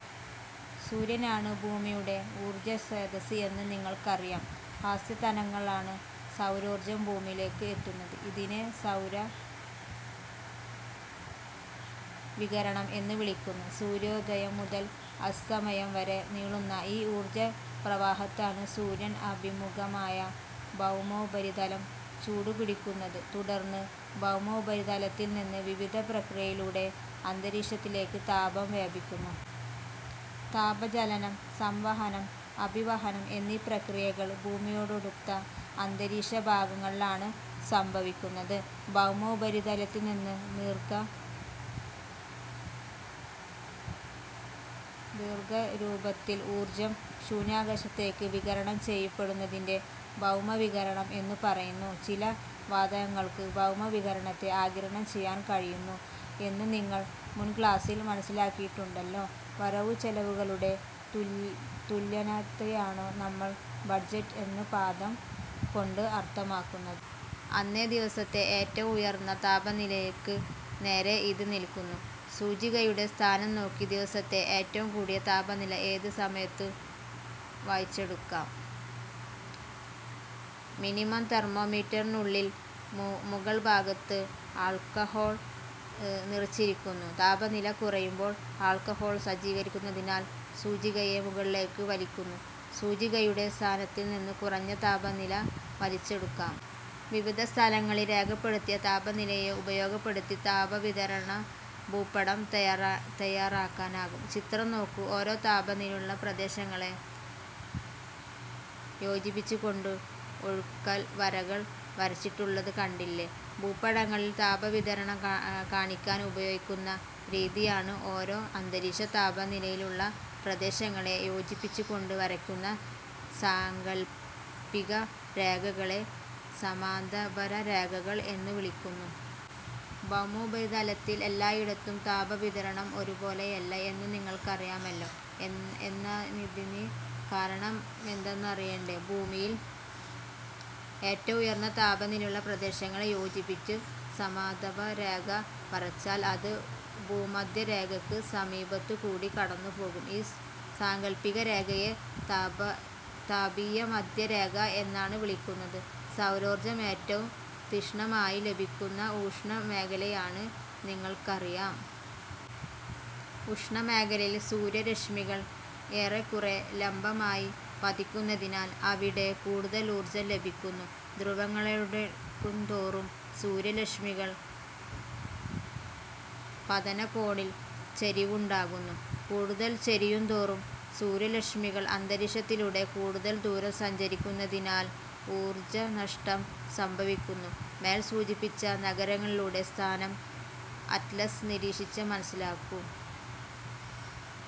സൂര്യനാണ് ഭൂമിയുടെ ഊർജസ്രോതസ്സ് എന്ന് നിങ്ങൾക്കറിയാം. ഹ്രസ്വതരംഗങ്ങളായാണ് സൗരോർജം ഭൂമിയിലേക്ക് എത്തുന്നത്. ഇതിനെ സൗര വികിരണം എന്നു വിളിക്കുന്നു. സൂര്യോദയം മുതൽ അസ്തമയം വരെ നീളുന്ന ഈ ഊർജ പ്രവാഹത്താലാണ് സൂര്യന് അഭിമുഖമായ ഭൗമോപരിതലം ചൂടുപിടിക്കുന്നത്. തുടർന്ന് ഭൗമോപരിതലത്തിൽനിന്ന് വിവിധ പ്രക്രിയകളിലൂടെ അന്തരീക്ഷത്തിലേക്കു താപം വ്യാപിക്കുന്നു. താപചാലനം, സംവഹനം, അഭിവഹനം എന്നീ പ്രക്രിയകൾ ഭൂമിയോടടുത്ത അന്തരീക്ഷഭാഗങ്ങളിലാണ് സംഭവിക്കുന്നത്. ഭൗമോപരിതലത്തിൽനിന്നു ദീർഘതരംഗരൂപത്തിൽ ഊർജം ശൂന്യാകാശത്തേക്ക് വികിരണം ചെയ്യപ്പെടുന്നതിനെ ഭൗമവികിരണം എന്നു പറയുന്നു. ചില വാതകങ്ങൾക്ക് ഭൗമവികിരണത്തെ ആഗിരണം ചെയ്യാൻ കഴിയുന്നു എന്ന് നിങ്ങൾ മുൻക്ലാസിൽ മനസ്സിലാക്കിയിട്ടുണ്ടല്ലോ. വരവുചെലവുകളുടെ തുലനത്തെയാണല്ലോ നമ്മൾ ബജറ്റ് എന്ന പദം കൊണ്ട് അർഥമാക്കുന്നത്. അന്നേ ദിവസത്തെ ഏറ്റവും ഉയർന്ന താപനിലയ്ക്ക് നേരെ ഇത് നിൽക്കുന്നു. സൂചികയുടെ സ്ഥാനം നോക്കി ദിവസത്തിലെ ഏറ്റവും കൂടിയ താപനില ഏത് സമയത്തും വായിച്ചെടുക്കാം. മിനിമം തെർമോ മീറ്ററിനുള്ളിൽ മുകൾഭാഗത്ത് ആൾക്കഹോൾ നിറച്ചിരിക്കുന്നു. താപനില കുറയുമ്പോൾ ആൾക്കഹോൾ സങ്കോചിക്കുന്നതിനാൽ സൂചികയെ മുകളിലേക്ക് വലിക്കുന്നു. സൂചികയുടെ സ്ഥാനത്തിൽ നിന്നു കുറഞ്ഞ താപനില വായിച്ചെടുക്കാം. വിവിധ സ്ഥലങ്ങളിൽ രേഖപ്പെടുത്തിയ താപനിലയെ ഉപയോഗപ്പെടുത്തി താപവിതരണഭൂപടം തയാറാക്കാനാകും. ചിത്രം നോക്കൂ. ഒരേ താപനിലയുള്ള പ്രദേശങ്ങളെ യോജിപ്പിച്ചുകൊണ്ട് ഒഴുക്കൻ വരകൾ വരച്ചിട്ടുള്ളതു കണ്ടില്ലേ? ഭൂപടങ്ങളിൽ താപവിതരണം കാണിക്കാൻ ഉപയോഗിക്കുന്ന രീതിയാണിത്. ഒരേ അന്തരീക്ഷതാപനിലയുള്ള പ്രദേശങ്ങളെ യോജിപ്പിച്ചു കൊണ്ട് വരയ്ക്കുന്ന സാങ്കൽപിക രേഖകളെ സമതാപരേഖകൾ എന്നു വിളിക്കുന്നു. ഭൗമോപരിതലത്തിൽ എല്ലായിടത്തും താപവിതരണം ഒരുപോലെയല്ല എന്നു നിങ്ങൾക്കറിയാ മല്ലോ. എന്താണിതിന് കാരണമെന്നറിയണ്ടേ? ഭൂമിയിൽ ഏറ്റവും ഉയർന്ന താപനിലയുള്ള പ്രദേശങ്ങളെ യോജിപ്പിച്ച് സമതാപരേഖ വരച്ചാൽ അത് ഭൂമധ്യരേഖയ്ക്ക് സമീപത്തുകൂടി കടന്നുപോകും. ഈ സാങ്കൽപ്പിക രേഖയെ താപീയമധ്യരേഖ എന്നാണ് വിളിക്കുന്നത്. സൗരോർജം ഏറ്റവും തീക്ഷ്ണമായി ലഭിക്കുന്നത് ഉഷ്ണ മേഖലയിലാണെന്ന് നിങ്ങൾക്കറിയാം. ഉഷ്ണ മേഖലയിൽ സൂര്യ രശ്മികൾ ഏറക്കുറേ ലംബമായി പതിക്കുന്നതിനാൽ അവിടെ കൂടുതൽ ഊർജം ലഭിക്കുന്നു. ധ്രുവങ്ങളോടടുക്കുന്തോറും സൂര്യ രശ്മികളുടെ പതനകോണിൽ ചരിവുണ്ടാകുന്നു. കൂടുതൽ ചരിയുന്തോറും സൂര്യ രശ്മികൾ അന്തരീക്ഷത്തിലൂടെ കൂടുതൽ ദൂരം സഞ്ചരിക്കുന്നതിനാൽ ഊർജനഷ്ടം സംഭവിക്കുന്നു. മേൽ സൂചിപ്പിച്ച നഗരങ്ങളുടെ സ്ഥാനം അറ്റ്ലസ് നിരീക്ഷിച്ച് മനസ്സിലാക്കൂ.